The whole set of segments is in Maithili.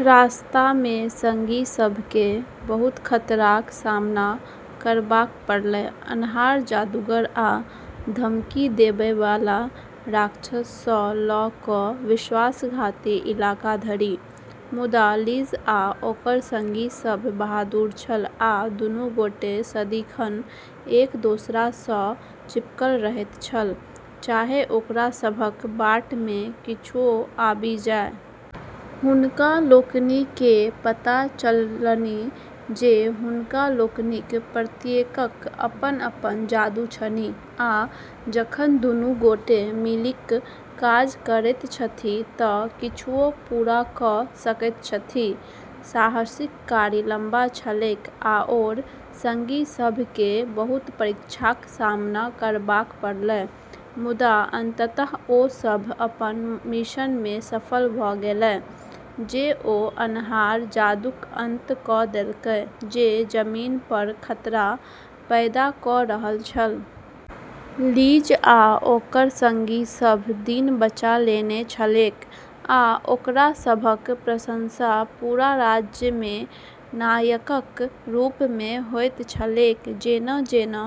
रास्तामे संगी सभकेँ बहुत खतराक सामना करबाक पड़लै, अन्हार जादूगर आ धमकी देबैवाला राक्षससँ लऽ कऽ विश्वासघाती इलाका धरि। मुदा लिज आ ओकर संगी सभ बहादुर छल, आ दूनू गोटे सदिखन एक दोसरासँ चिपकल रहैत छल, चाहे ओकरा सभक बाटमे किछुओ आबि जाय। हुनका लोकनिकेँ पता चललनि जे हुनका लोकनिक प्रत्येकक अपन-अपन जादू छनि आ जखन दूनू गोटे मिलिकऽ काज करैत छथि तऽ किछुओ पूरा कऽ सकैत छथि। साहसिक कार्य लंबा छलैक, आओर संगी सभकेँ बहुत परीक्षाक सामना करबाक पड़लै, मुदा अंततः, ओ सभ अपन मिशनमे सफल भऽ गेलै जे ओ अन्हार जादूक अंत कऽ देलकै जे जमीनपर खतरा पैदा कऽ रहल छल। लिज आ ओकर संगी सभ दिन बचा लेने छलैक, आ ओकरा सभक प्रशंसा पूरा राज्यमे नायकक रूपमे होइत छलैक। जेना-जेना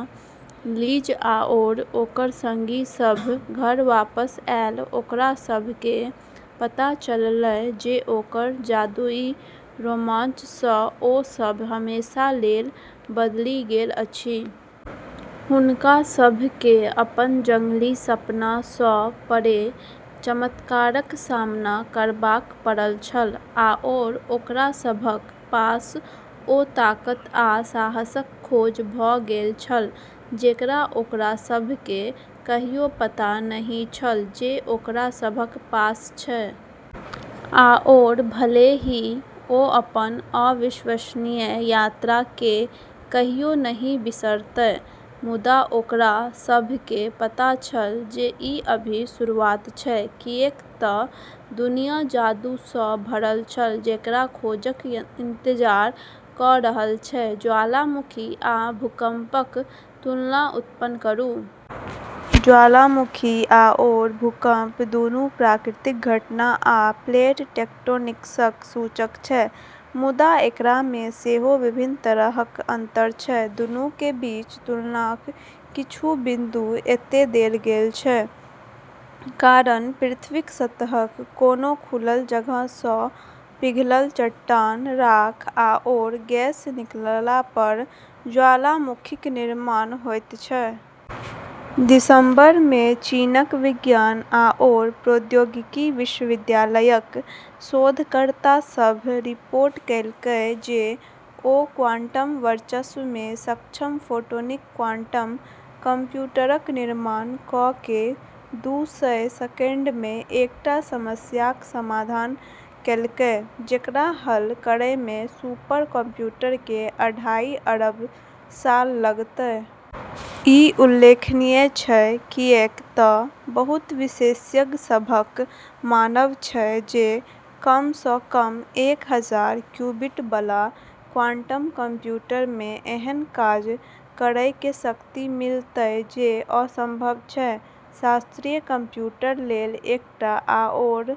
लिज आओर ओकर संगी सभ घर वापस आएल, ओकरा सभकेँ पता चललै जे ओकर जादुई रोमांचसँ ओ सभ हमेशा लेल बदलि गेल अछि। हुनका सभकेँ अपन जंगली सपनासँ परे चमत्कारक सामना करबाक पड़ल छल आओर ओकरा सभक पास ओ ताकत आ साहसक खोज भऽ गेल छल जेकरा ओकरा सभकेँ कहियो पता नहि छल जे ओकरा सभक पास छै। आओर भले ही ओ अपन अविश्वसनीय यात्राकेँ कहियो नहि बिसरतै, मुदा ओकरा सभकेँ पता छल जे ई अभी शुरुआत छै, किऐक तऽ दुनिया जादूसँ भरल छल जेकरा खोजक इंतजार कऽ रहल छै। ज्वालामुखी आ भूकम्पक तुलना उत्पन्न करू। ज्वालामुखी आओर भूकंप दूनू प्राकृतिक घटना आ प्लेट टेक्टोनिक्सक सूचक छै, मुदा एकरामे सेहो विभिन्न तरहक अंतर छै। दूनू के बीच तुलनाक किछु बिंदु एतय देल गेल छै: कारण: पृथ्वीक सतहक कोनो खुलल जगहसँ पिघलल चट्टान, राख आओर गैस निकललापर ज्वालामुखीक निर्माण होइत छै। दिसंबरमे चीनक विज्ञान आओर प्रौद्योगिकी विश्वविद्यालयक शोधकर्ता सभ रिपोर्ट कएलकै जे ओ क्वांटम वर्चस्वमे सक्षम फोटोनिक क्वांटम कंप्यूटरक निर्माण कऽ कऽ दू सय सेकंडमे एकटा समस्याक समाधान कएलकै जेकरा हल करैमे सुपर कंप्यूटरकेँ अढ़ाई अरब साल लगतै। ई उल्लेखनीय छै, किऐक तऽ बहुत विशेषज्ञ सभक मानब छै जे कमसँ कम एक हजार क्यूबिट बला क्वांटम कंप्यूटरमे एहन काज करैके शक्ति मिलतै जे असंभव छै शास्त्रीय कंप्यूटर लेल। एकटा आओर।